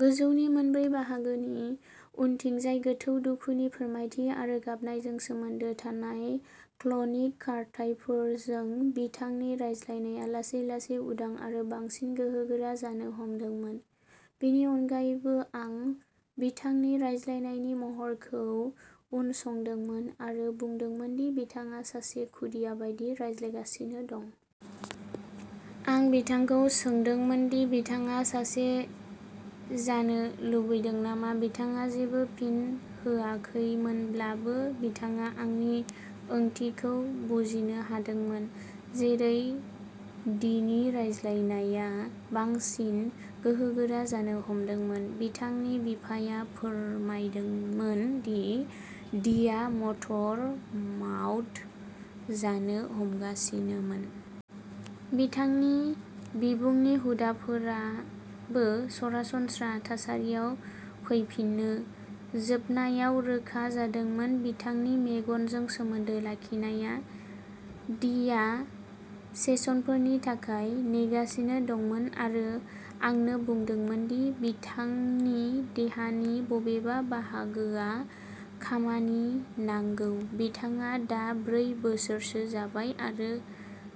गोजौनि मोनब्रै बाहागोनि उनथिंजाय। गोथौ दुखुनि फोरमायथि आरो गाबनायजों सोमोन्दो थानाय क्लनिक खारथाइफोरजों, बिथांनि रायज्लायनाया लासै-लासै उदां आरो बांसिन गोहोगोरा जानो हमदोंमोन। बेनि अनगायैबो, आं बिथांनि रायज्लायनायनि महरखौ उनसंदोंमोन आरो बुंदोंमोन दि बिथाङा सासे खुदिया बायदि रायज्लायगासिनो दं। आं बिथांखौ सोंदोंमोन दि बिथाङा सासे जानो लुबैदों नामा। बिथाङा जेबो फिन होआखैमोनब्लाबो, बिथाङा आंनि ओंथिखौ बुजिनो हादोंमोन। जेरै डीनि रायज्लायनाया बांसिन गोहोगोरा जानो हमदोंमोन, बिथांनि बिफाया फोरमायदोंमोन दि डीआ मटर माउथ जानो हमगासिनोमोन। बिथांनि बिबुनि हुदाफोराबो सरासनस्रा थासारियाव फैफिनो। जोबनायाव रोखा जादोंमोन बिथांनि मेगनजों सोमोन्दो लाखिनाया। डीआ सेसनफोरनि थाखाय नेगासिनो दंमोन आरो आंनो बुंदोंमोन दि बिथांनि देहानि बबेबा बाहागोआ खामानि नांगौ। बिथाङा दा ब्रै बोसोरसो जाबाय आरो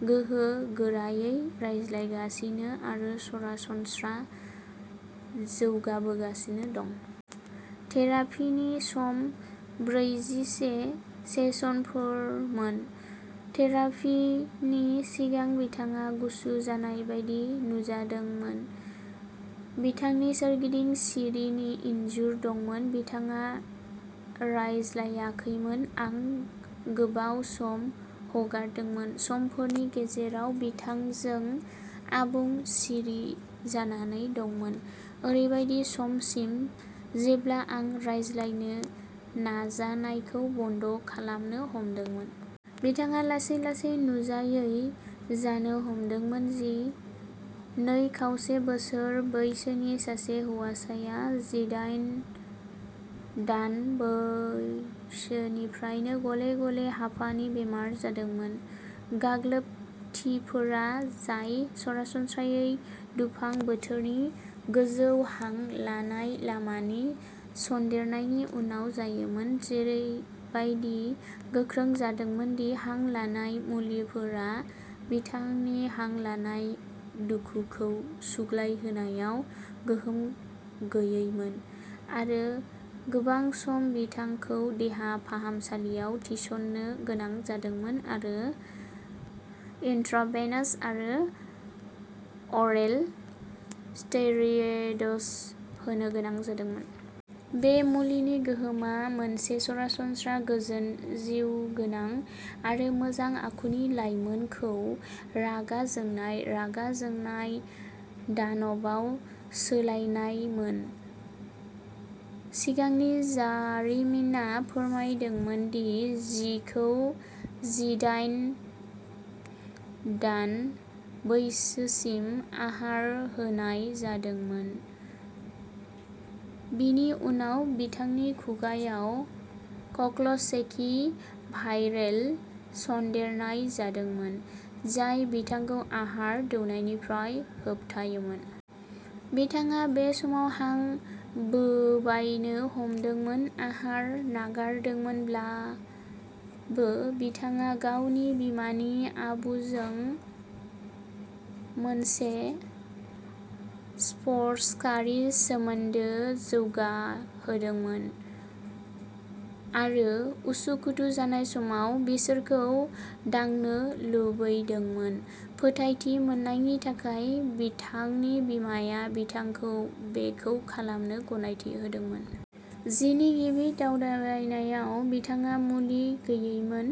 गोहोगोराङै रायज्लायगासिनो आरो सरासनस्रा जौगाबोगासिनो दं। थेरापीनि समा ब्रैजि-से सेसनफोरमोन। थेरापीनि सिगां बिथाङा गुसु जानाय बायदि नुजादोंमोन, बिथांनि सोरगिदिं सिरिनि इनजुर दंमोन। बिथाङा रायज्लायाखैमोन। आं गोबाव सम हगारदोंमोन। समफोरनि गेजेराव बिथांजों आबुं सिरि जानानै दंमोन, ओरैबायदि समसिम जेब्ला आं रायज्लायनो नाजानायखौ बन्द' खालामनो हमदोंमोन। बिथाङा लासै-लासै नुजायै जानो हमदोंमोन। जि, नै खावसे बोसोर बैसोनि सासे हौवाया जिदाइन दान बैसोनिफ्रायनो गले-गले हापानि बेराम जादोंमोन। गाग्लोबथिफोरा, जाय सरासनस्रायै दुफां बोथोरनि गोजौ हां लानाय लामानि सन्देरनायनि उनाव जायोमोन, जेरैबायदि गोख्रों जादोंमोन दि हां लानाय मुलिफोरा बिथांनि हां लानाय दुखुखौ सुग्लायहोनायाव गोहोम गैयैमोन, आरो गोबां सम बिथांखौ देहा फाहामसालियाव थिसननो गोनां जादोंमोन आरो इन्ट्राभेनास आरो अरेल स्टेरइड्स होनो गोनां जादोंमोन। बे मुलिनि गोहोमा मोनसे सरासनस्रा गोजोन, जिउगोनां आरो मोजां आखुनि लाइमोनखौ रागा जोंनाय, रागा जोंनाय दानबआव सोलायनायमोन। सिगांनि जारिमिना फोरमायदोंमोन दि जिखौ जिदाइन दान बैसोसिम आहार होनाय जादोंमोन। बिनि उनाव बिथांनि खुगाआव कक्ससेकि भाइरेल सन्देरनाय जादोंमोन, जाय बिथांखौ आहार दौनायनिफ्राय होबथायोमोन। बिथाङा बे समाव हां बोबायनो हमदोंमोन। आहार नागारदोंमोनब्लाबो, बिथाङा गावनि बिमानि आबुजों मोनसे स्पर्शकारि सोमोनदो जौगाहोदोंमोन। आरो उसुखुथु जानाय समाव बिसोरखौ दांनो लुबैदोंमोन। फोथायथि मोन्नायनि थाखाय, बिथांनि बिमाया बिथांखौ बेखौ खालामनो गनायथि होदोंमोन। जिनि गिबि दावबायनायाव बिथाङा मुलि गैयैमोन।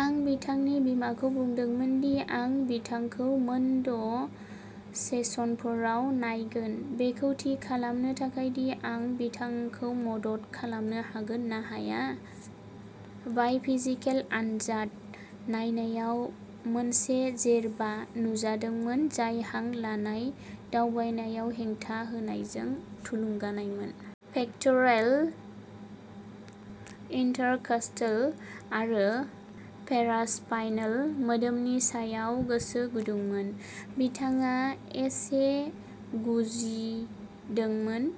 आं बिथांनि बिमाखौ बुंदोंमोन दि आं बिथांखौ मोनद' सेसनफोराव नायगोन बेखौ थि खालामनो थाखाय दि आं बिथांखौ मदद खालामनो हागोन ना हाया। बाय'फिजिकेल आनजाद नायनायाव मोनसे जेरबा नुजादोंमोन जाय हां लानाय दावबायनायाव हेंथा होनायजों थुलुंगानायमोन। पेक्ट'रेल, इन्टरकस्टेल आरो पेरास्पाइनल मोदोमफोरनि सायाव गोसो गुदुंमोन। बिथाङा एसे गुजिदोंमोन।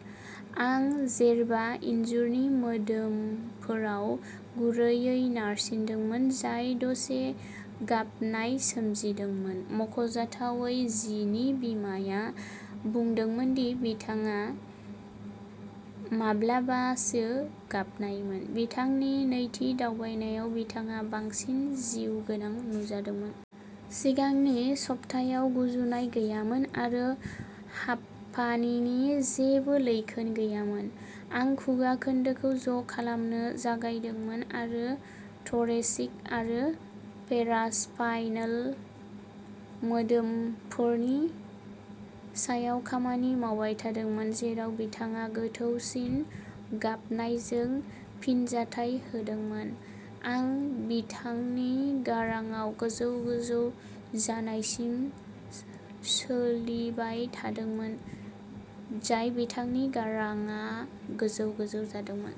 आं जेरबा इन्जुरनि मोदोमफोराव गुरैयै नारसिनदोंमोन जाय दसे गाबनाय सोमजिहोदोंमोन। मख'जाथावै, जिनि बिमाया बुंदोंमोन दि बिथाङा माब्लाबासो गाबनायमोन। बिथांनि नैथि दावबायनायाव बिथाङा बांसिन जिउगोनां नुजादोंमोन। सिगांनि सप्तायाव गुजुनाय गैयामोन आरो हापानिनि जेबो लैखोन गैयामोन। आं खुगा खोन्दोखौ ज' खालामनो जागायदोंमोन आरो थ'रेसिक आरो पेरास्पाइनल मोदोमफोरनि सायाव खामानि मावबाय थादोंमोन, जेराव बिथाङा गोथौसिन गाबनायजों फिनजाथाय होदोंमोन। आं बिथांनि गारांआ गोजौ-गोजौ जानायसिम सोलिबाय थादोंमोन, जाय बिथांनि गारांआ गोजौ-गोजौ जादोंमोन।